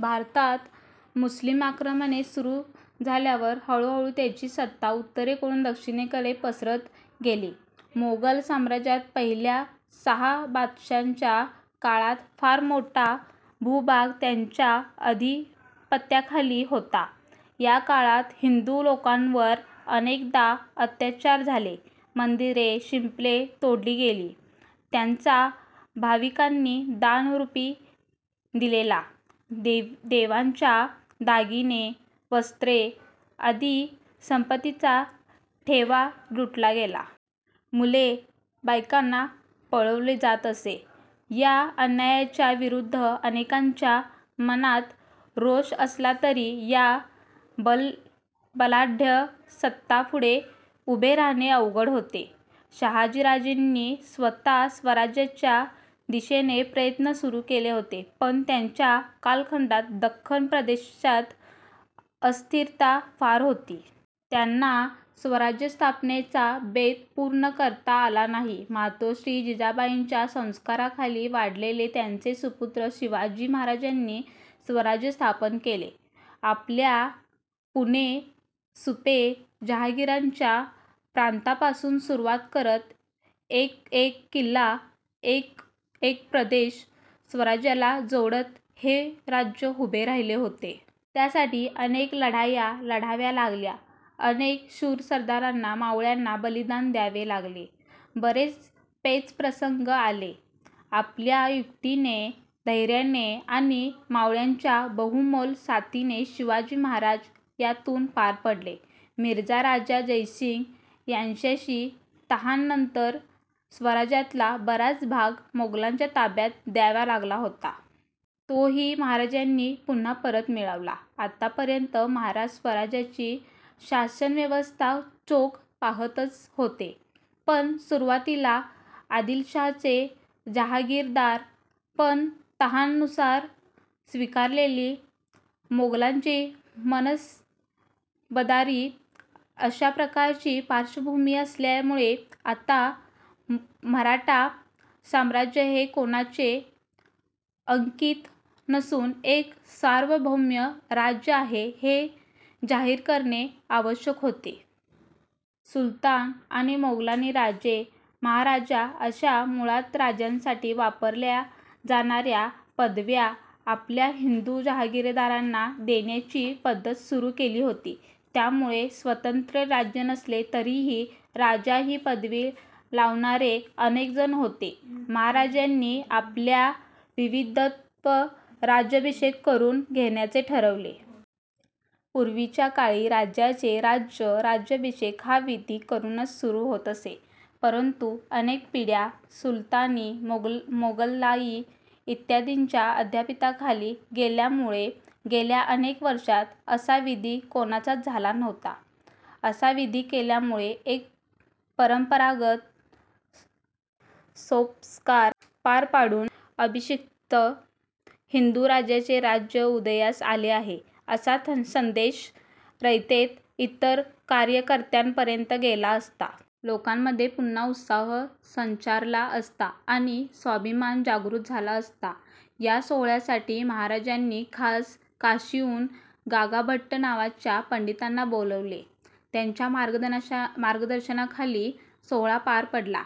भारतात मुस्लिम आक्रमणे सुरु झाल्यावर हळू हळू त्यांची सत्ता उत्तरेकडून दक्षिणेकडे पसरत गेली. मोगल साम्राज्यात पहिल्या सहा बादशहांच्या काळात फार मोठा भूभाग त्यांच्या अधिपत्याखाली होता. याकाळात हिंदू लोकांवर अनेकदा अत्याचार झाले. मंदिरे, शिल्पे तोडली गेली, त्यांचा भाविकांनी दान रुपी दिलेला, देवांच्या दागिने वस्त्रे आदी संपत्तीचा ठेवा लुटला गेला. मुले, बायकांना पळवले जात असे. या अन्यायाच्या विरुद्ध अनेकांच्या मनात रोष असला तरी या बलाढ्य सत्तांपुढे उभे राहणे अवघड होते. शहाजीराजांनी स्वतः स्वराज्याच्या दिशेने प्रयत्न सुरु केले होते पण त्यांच्या कालखंडात दक्खन प्रदेशात अस्थिरता फार होती. त्यांना स्वराज्यस्थापनेचा बेत पूर्ण करता आला नाही. मातोश्री जिजाबाईंच्या संस्कारांखाली वाढलेले त्यांचे सुपुत्र शिवाजी महाराजांनी स्वराज्य स्थापन केले. आपल्या पुणे सुपे जहागिरीच्या प्रांतापासुन सुरूवात करत एक एक किल्ला, एक एक प्रदेश स्वराज्याला जोडत हे राज्य उभे राहिले होते. त्यासाठी अनेक लढाया लढाव्या लागल्या. अनेक शुर सरदारांना, मावळ्यांना बलिदान द्यावे लागले. बरेच पेचप्रसंग आले. आपल्या युक्तीने, धैर्याने आणि मावळ्यांच्या बहुमोल साथीने शिवाजी महाराज त्यातुन पार पडले. मिर्झा राजा जयसिंग याच्याशी तहानंतर स्वराज्यातला बराच भाग मोगलांच्या ताब्यात द्यावा लागला होता. तोही महाराजांनी पुन्हा परत मिळवला. आतापर्यंत महाराज स्वराज्याची शासनव्यवस्था चोख पाहतच होते. पण सुरुवातीला आदिलशाहीचे जहागीरदार, मग तहानुसार स्वीकारलेली मोगलांची मनसबदारी अशा प्रकारची पार्श्वभूमी असल्यामुळे आता मराठा साम्राज्य हे कोणाचे अंकित नसुन एक सार्वभौम राज्य आहे हे जाहीर करणे आवश्यक होते. सुलतान आणि मोगलांनी राजे, महाराजा अशा मुळात राजासाठी वापरल्या जाणाऱ्या पदव्या आपल्या हिंदू जहागीरदारांना देण्याची पद्धत सुरु केली होती. त्यामुळे स्वतंत्र राज्य नसले तरीही राजा हि पदवी लावणारे अनेकजण होते. महाराजांनी आपला विधिवत राज्याभिषेक करून घेण्याचे ठरवले. पूर्वीच्या काळी राजाचे राज्य राज्याभिषेक हा विधी करूनच सुरु होत असे. परंतु अनेक पिढ्या सुलतानी, मोगलाई इत्यादींच्या अधिपत्याखाली गेल्यामुळे गेल्या अनेक वर्षात असा विधी कोणाचाच झाला नव्हता. असा विधी केल्यामुळे एक परंपरागत सोपस्कार पार पाडुन, अभिषिक्त हिंदू राजाचे राज्य उदयास आले आहे असा संदेश रयतेत इतर राज्यकर्त्यांपर्यंत गेला असता. लोकांमध्ये पुन्हा उत्साह संचारला असता आणि स्वाभिमान जागृत झाला असता. या सोहळ्यासाठी महाराजांनी खास काशीहून गागाभट्ट नावाच्या पंडितांना बोलावले. त्यांच्या मार्गदर्शनाखाली सोहळा पार पडला.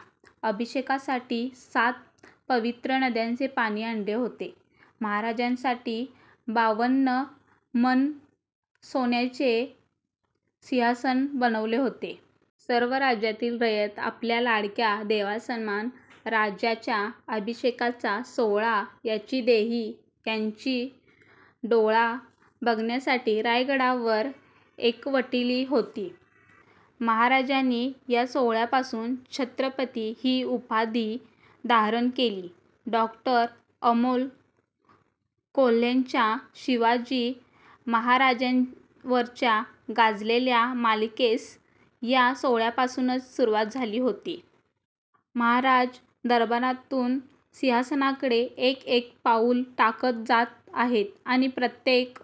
अभिषेकासाठी सात पवित्र नद्यांचे पाणी आणले होते. महाराजांसाठी बावन्न मण सोन्याचे सिंहासन बनवले होते. सर्व राज्यातली रयत आपल्या लाडक्या देवासमान राजाच्या अभिषेकाचा सोहळा याची देही याची डोळा बघण्यासाठी रायगडावर एकवटली होती. महाराजांनी या सोहळ्यापासुन छत्रपती हि उपाधी धारण केली. डॉ. अमोल कोल्हेंच्या शिवाजी महाराजांवरच्या गाजलेल्या मालिकेस या सोहळ्यापासुनच सुरुवात झाली होती. महाराज दरबारातुन सिंहासनाकडे एक एक पाऊल टाकत जात आहेत आणि प्रत्येक